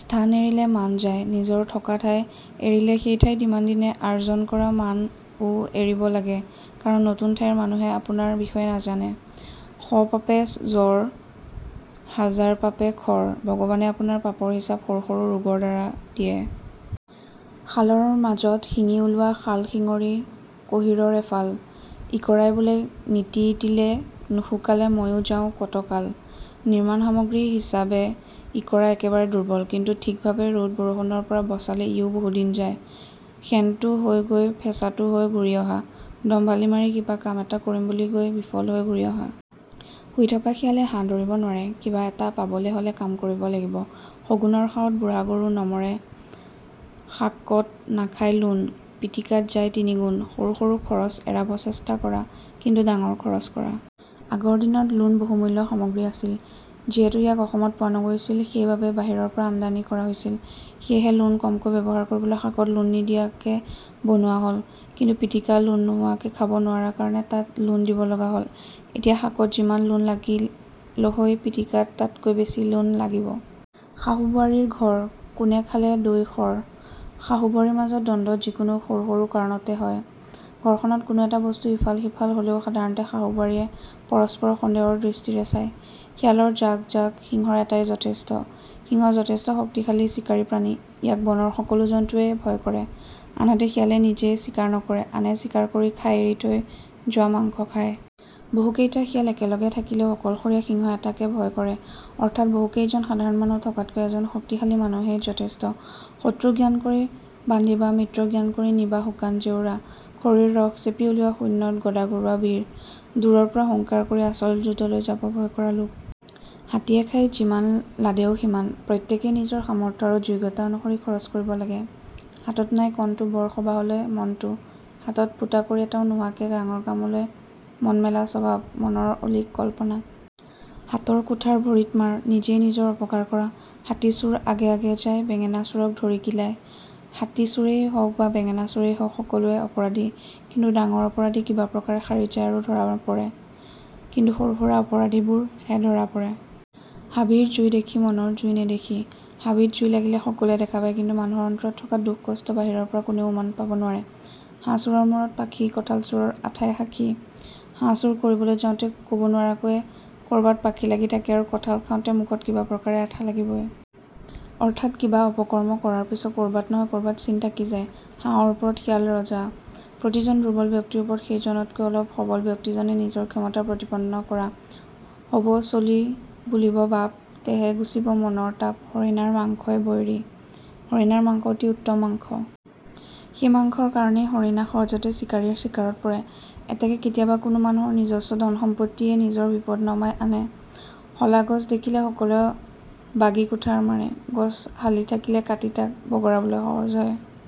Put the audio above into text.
স্থান এৰিলে মান যায়: নিজৰ থকা ঠাই এৰিলে সেই ঠাইত ইমান দিনে আৰ্জন কৰা মান ও এৰিব লাগে, কাৰণ নতুন ঠাইৰ মানুহে আপোনাৰ বিষয়ে নাজানে। শ পাপে জ্বৰ, হাজাৰ পাপে খৰ: ভগবানে আপোনাৰ পাপৰ হিচাপ সৰু সৰু ৰোগৰ দ্বাৰা দিয়ে। শালৰ মাজত শিঙি ওলোৱা শাল শিঙৰি কহিৰৰ এফাল, ইকৰাই বোলে নিতিতিলে নুশুকালে ময়ো যাও কত কাল: নিৰ্মাণ সামগ্ৰী হিচাবে ইকৰা একেবাৰে দুৰ্বল, কিন্তু ঠিকভাবে ৰ'দ-বৰষুণৰ পৰা বছালে ইও বহুদিন যায়। শেনতো হৈ গৈ ফেঁচাতো হৈ ঘূৰি অহা: দম্ভালি মাৰি কিবা কাম এটা কৰিম বুলি গৈ বিফল হৈ ঘূৰি অহা। শুই থকা শিয়ালে হাঁহ ধৰিব নোৱাৰে: কিবা এটা পাবলে হলে কাম কৰিব লাগিব। শগুনৰ শাওত বুঢ়া গৰু নমৰে শাকত নাখাই লোণ, পিটিকাত যায় তিনিগুণ: সৰু সৰু খৰচ এৰাব চেষ্টা কৰা, কিন্তু ডাঙৰ খৰচ কৰা। আগৰ দিনত লোণ বহুমূল্য সামগ্ৰী আছিল, যিহেতু ইয়াক অসমত পোৱা নগৈছিল সেই বাবে বাহিৰৰ পৰা আমদানী কৰা হৈছিল। সেয়েহে লোণ কমকৈ ব্যৱহাৰ কৰিবলৈ শাকত লোণ নিদিয়াকে বনোৱা হল, কিন্তু পিটিকা লোণ নোহোৱাকে খাব নোৱাৰা কাৰণে তাত লোণ দিব লগা হল, এতিয়া শাকত যিমান লোণ লাগিলহৈ পিটিকাত তাতকৈ বেছি লোণ লাগিব। শাহু-বোৱাৰীৰ ঘৰ, কোনে খালে দৈ-সৰ: শাহু বোৱাৰীৰ মাজত দ্বন্দ্ব যিকোনো সৰু সৰু কাৰণতে হয়। ঘৰখনত কোনো এটা বস্তু ইফাল সিফাল হ'লেও সাধাৰণতে শাহু-বোৱাৰীয়ে পৰস্পৰক সন্দেহৰ দৃষ্টিৰে চায়। শিয়ালৰ জাক জাক, সিংহৰ এটাই যথেষ্ট: সিংহ যথেষ্ট শক্তিশালী চিকাৰী প্ৰাণী, ইয়াক বনৰ সকলো জন্তুৱেই ভয় কৰে, আনহাতে শিয়ালে নিজে চিকাৰ নকৰে, আনে চিকাৰ কৰি খাই এৰি থৈ যোৱা মাংস খায়। বহুকেইটা শিয়াল একেলগে থাকিলেও অকলশৰীয়া সিংহ এটাকে ভয় কৰে। অৰ্থাৎ বহুকেইজন সাধাৰণ মানুহ থকাতকৈ এজন শক্তিশালী মানুহেই যথেষ্ট। শত্ৰু জ্ঞান কৰি বান্ধিবা, মিত্ৰ জ্ঞান কৰি নিবা শুকান জেওৰা খৰিৰ ৰস চেপি উলিওৱা শূন্যত গডা ঘূৰোৱা বীৰ: দূৰৰ পৰা হুঙ্কাৰ কৰি আচল যুদ্ধলৈ যাব ভয় কৰা লোক। হাতীয়ে খায় যিমান লাডেও সিমান: প্ৰত্যেকেই নিজৰ সামৰ্থ আৰু যোগ্যতা অনুসৰি খৰচ কৰিব লাগে। হাতত নাই কণটো, বৰ সবাহলৈ মনটো: হাতত ফুটাকড়ি এটাও নোহোৱাকে ডাঙৰ কামলৈ মন মেলা স্বভাৱ। মনৰ অলীক কল্পনা। হাতৰ কুঠাৰ ভৰিত মাৰ: নিজেই নিজৰ অপকাৰ কৰা। হাতী চোৰ আগে আগে যায় বেঙেনা চোৰক ধৰি কিলায়: হাতী চোৰেই হওক বা বেঙেনা চোৰেই হওক সকলোৱেই অপৰাধী। কিন্তু ডাঙৰ অপৰাধী কিবা প্ৰকাৰে সাৰি যায় আৰু ধৰা নপৰে, কিন্তু সৰু-সুৰা অপৰাধীবোৰ হে ধৰা পৰে। হাবিৰ জুই দেখি, মনৰ জুই নেদেখি: হাবিত জুই লাগিলে সকলোৱে দেখা পায়, কিন্তু মানুহৰ অন্তৰত থকা দুখ কষ্ট বাহিৰৰ পৰা কোনেও উমান পাব নোৱাৰে। হাঁহ চোৰৰ মূৰত পাখি, কঁঠাল চোৰৰ আঠায়ে সাক্ষী: হাঁহ চোৰ কৰিবলৈ যাওঁতে ক'ব নোৱাৰাকৈয়ে ক'ৰবাত পাখি লাগি থাকে আৰু কঁঠাল খাওঁতে মুখত কিবা প্ৰকাৰে আঠা লাগিবই। অৰ্থাৎ কিবা অপকৰ্ম কৰাৰ পিছত ক'ৰবাত নহয় ক'ৰবাত চিন থাকি যায়। হাঁহৰ ওপৰত শিয়াল ৰজা: প্ৰতিজন দুৰ্বল ব্যক্তিৰ ওপৰত সেই জনতকৈ অলপ সবল ব্যক্তিজনে নিজৰ ক্ষমতা প্ৰতিপন্ন কৰা। হ'ব চলি, বুলিব বাপ, তেহে গুচিব মনৰ তাপ হৰিণাৰ মাংসই বৈৰী: হৰিণাৰ মাংস অতি উত্তম মাংস। সেই মাংসৰ কাৰণেই হৰিণা সহজতে চিকাৰীৰ চিকাৰত পৰে। এতেকে কেতিয়াবা কোনো মানুহৰ নিজস্ব ধন-সম্পত্তিয়েই নিজৰ বিপদ নমায় আনে। হলা গছ দেখিলে সকলোৱে বাগি কুঠাৰ মাৰে: গছ হালি থকিলে কাটি তাক বগৰাবলৈ সহজ হয়।